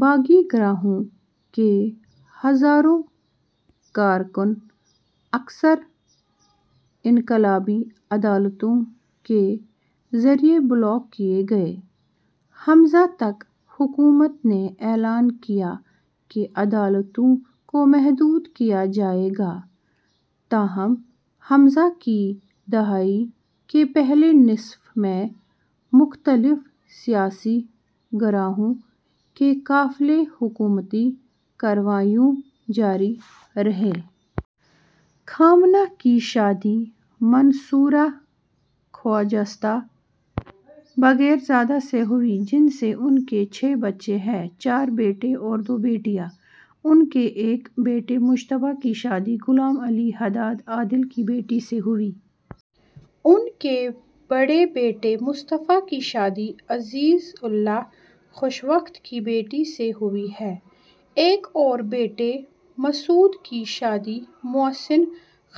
باغی گروہوں کے ہزاروں کارکن اکثر انقلابی عدالتوں کے ذریعے ہلاک کیے گئے۔ ء تک حکومت نے اعلان کیا کہ عدالتوں کو محدود کیا جائے گا تاہم ء کی دہائی کے پہلے نصف میں مختلف سیاسی گروہوں کے خلاف حکومتی کارروائیاں جاری رہیں۔ ۔ خامنہ ای کی شادی منصورہ خجستہ باقر زادہ سے ہوئی جن سے ان کے چھ بچے ہیں: چار بیٹے اور دو بیٹیاں ۔ ان کے ایک بیٹے مجتبیٰ کی شادی غلام علی حداد عادل کی بیٹی سے ہوئی ہے۔ ان کے بڑے بیٹے مصطفیٰ کی شادی عزیز اللہ خوشوقت کی بیٹی سے ہوئی ہے۔ ایک اور بیٹے مسعود کی شادی محسن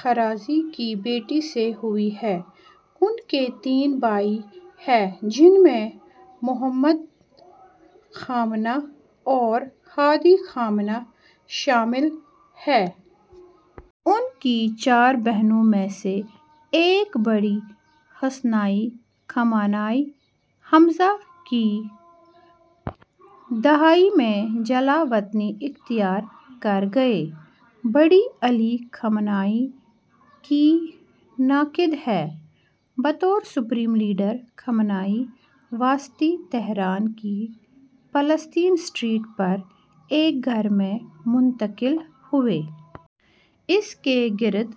خرازی کی بیٹی سے ہوئی ہے۔ ان کے تین بھائی ہیں جن میں محمد خامنہ ای اور ہادی خامنہ ای شامل ہیں۔ ان کی چار بہنوں میں سے ایک بدری حسینی خامنہ ای ء کی دہائی میں جلاوطنی اختیار کر گئیں۔ بدری علی خامنہ ای کی ناقد ہیں۔ بطور سپریم لیڈر خامنہ ای وسطی تہران کی فلسطین اسٹریٹ پر ایک گھر میں منتقل ہوئے۔ اس کے گرد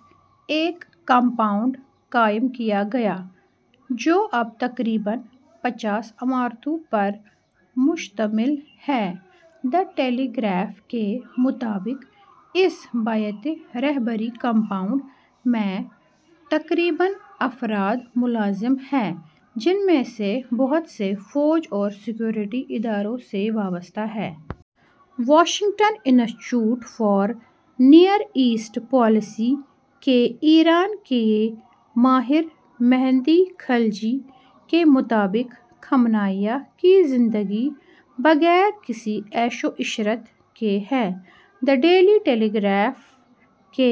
ایک کمپاؤنڈ قائم کیا گیا جو اب تقریباً پچاس عمارتوں پر مشتمل ہے۔ 'دی ٹیلی گراف' کے مطابق اس 'بیت رہبری کمپاؤنڈ' میں تقریباً افراد ملازم ہیں، جن میں سے بہت سے فوج اور سیکیورٹی اداروں سے وابستہ ہیں۔ Washington Institute for Near East Policy کے ایران کے ماہر مہدی خلجی کے مطابق خامنہ ای کی زندگی 'بغیر کسی عیش و عشرت کے' ہے۔ 'دی ڈیلی ٹیلی گراف' کے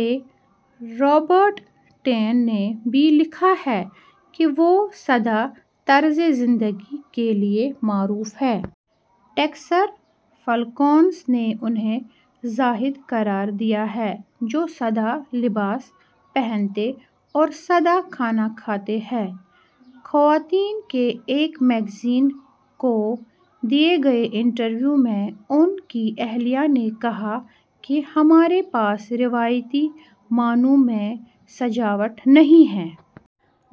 رابرٹ ٹیٹ نے بھی لکھا کہ وہ سادہ طرز زندگی کے لیے معروف ہیں۔ ڈیکسر فلکنز نے انھیں 'زاہد' قرار دیا ہے جو سادہ لباس پہنتے اور سادہ کھانا کھاتے ہیں۔ خواتین کے ایک میگزین کو دیے گئے انٹرویو میں ان کی اہلیہ نے کہا کہ 'ہمارے پاس روایتی معنوں میں سجاوٹ نہیں ہے۔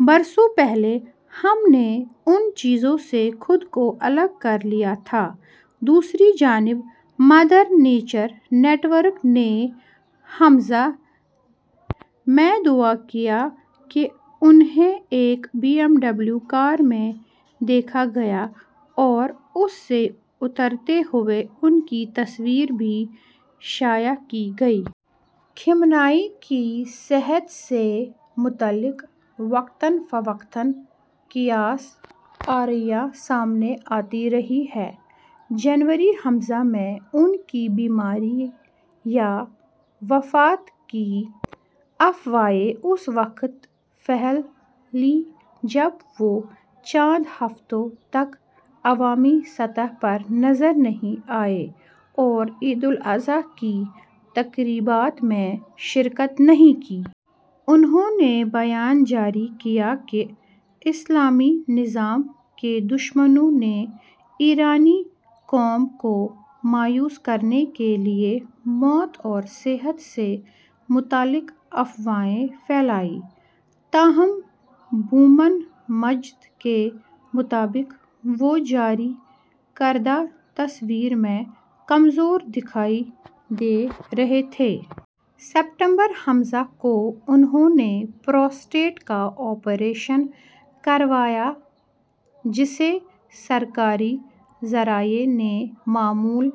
برسوں پہلے ہم نے ان چیزوں سے خود کو الگ کر لیا تھا۔ ' دوسری جانب مدر نیچر نیٹ ورک نے ء میں دعویٰ کیا کہ انھیں ایک بی ایم ڈبلیو کار میں دیکھا گیا اور اس سے اترتے ہوئے ان کی تصویر بھی شائع کی گئی۔ خامنہ ای کی صحت سے متعلق وقتاً فوقتاً قیاس آرائیاں سامنے آتی رہی ہیں۔ جنوری ء میں ان کی بیماری یا وفات کی افواہیں اس وقت پھیلیں جب وہ چند ہفتوں تک عوامی سطح پر نظر نہیں آئے اور عید الاضحیٰ کی تقریبات میں شرکت نہیں کی۔ انھوں نے بیان جاری کیا کہ 'اسلامی نظام کے دشمنوں نے ایرانی قوم کو مایوس کرنے کے لیے موت اور صحت سے متعلق افواہیں پھیلائیں' تاہم ہومان مجد کے مطابق وہ جاری کردہ تصاویر میں کمزور دکھائی دے رہے تھے۔ ستمبر ء کو انھوں نے پروسٹیٹ کا آپریشن کروایا جسے سرکاری ذرائع نے'معمول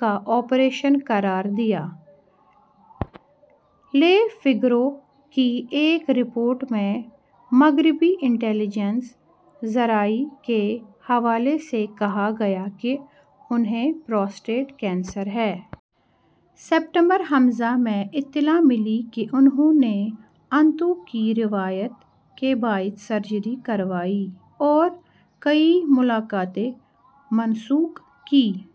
کا آپریشن' قرار دیا۔ 'لی فیگارو' کی ایک رپورٹ میں مغربی انٹیلی جنس ذرائع کے حوالے سے کہا گیا کہ انھیں پروسٹیٹ کینسر ہے۔ ستمبر ء میں اطلاع ملی کہ انھوں نے آنتوں کی رکاوٹ کے باعث سرجری کروائی اور کئی ملاقاتیں منسوخ کیں۔